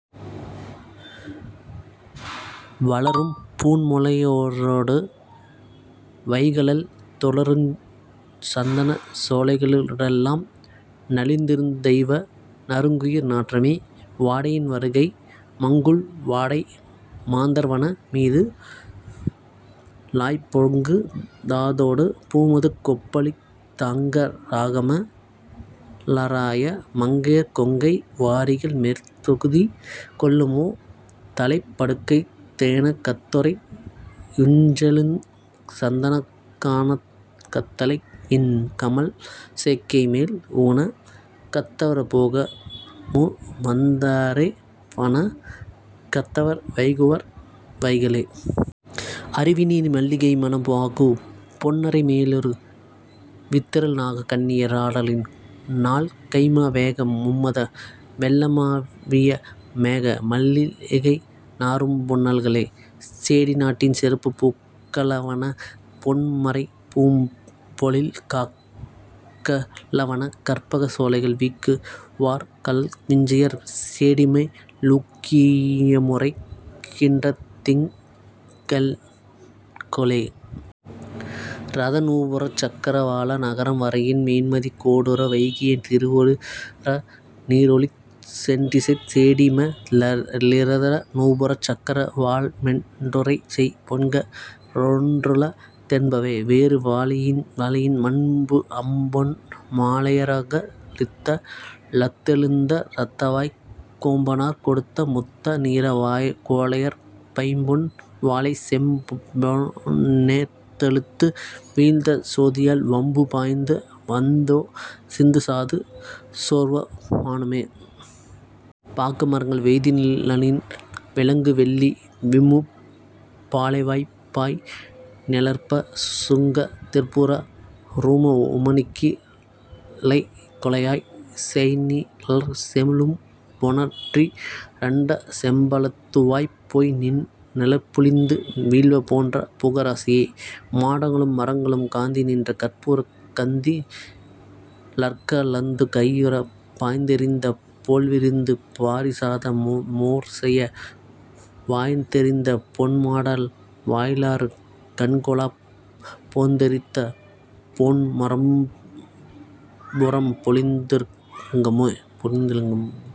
வளரும் பூண்முலை யாரொடு வைகலால் துளருஞ் சந்தனச் சோலைக ளூடெலாம் நளிருந் தெய்வ நறுங்குளிர் நாற்றமே. வாடையின் வருகை மங்குல் வாடைமந் தார்வன மீதுழாய்ப் பொங்கு தாதொடு பூமதுக் கொப்பளித் தங்க ராகம ளாயர மங்கையர் கொங்கை வாரிகள் மேற்குதி கொள்ளுமே. தழைப் படுக்கை தேன கத்துறை யுஞ்செழுஞ் சந்தனக் கான கத்தழை யின்கமழ் சேக்கை மேல் ஊன கத்தவர் போகமு வந்தரோ வான கத்தவர் வைகுவர் வைகலே. அருவிநீரில் மல்லிகை மணம் ஆகு பொன்னறை மேலரு வித்திரள் நாக கன்னிய ராடலின் ஞால்கைம்மா வேக மும்மத வெள்ளம ளாவிய போக மல்லிகை நாறும்பு னல்களே. சேடி நாட்டின் சிறப்பு பூக்க ளாவன பொன்மரை பூம்பொழில் காக்க ளாவன கற்பகச் சோலைகள் வீக்கு வார்கழல் விஞ்சையர் சேடிமே லூக்கி யமுரைக் கின்றதிங் கென்கொலோ. இரதநூபுரச் சக்கரவாள நகரம் வரையின் மேன்மதி கோடுற வைகிய திருவ நீளொளித் தென்றிசைச் சேடிமே லிரத நூபுரச் சக்கர வாளமென் றுரைசெய் பொன்னக ரொன்றுள தென்பவே. வேறு -- வாழையின் மாண்பு அம்பொன் மாலையார்க ளித்த லத்தெ ழுந்த ரத்தவாய்க் கொம்பா னார் கொடுத்த முத்த நீர வாய கோழரைப் பைம்பொன் வாழை செம்பொ னேப ழுத்து வீழ்ந்த சோதியால் வம்பு பாய்ந்து வந்தொ சிந்து சாறு சோர்வ மானுமே. பாக்கு மரங்கள் வேய்தி ழன்னி லாவி லங்கு வெள்ளி விம்மு பாளைவாய்ப் பாய்நி ழற்ப சுங்க திர்ப்ப ரூஉம ணிக்கு லைகுலாய்ச் சேய்நி ழற்செ ழும்பொ னாற்றி ரண்ட செம்ப ழத்தவாய்ப் போய்நி ழற்பொ லிந்து வீழ்வ போன்ற பூக ராசியே. மாடங்களும் மரங்களும் காந்தி நின்ற கற்ப கந்தி ழற்க லந்து கையறப் பாய்ந்தெ ரிந்த போல்வி ரிந்து பாரி சாத மோர்செய வாய்ந்தெ ரிந்த பொன் மாட வாயி லாறு கண்கொளப் போந்தெ ரிந்த போன்ம ரம்பு றம்பொ லிந்தி லங்குமே.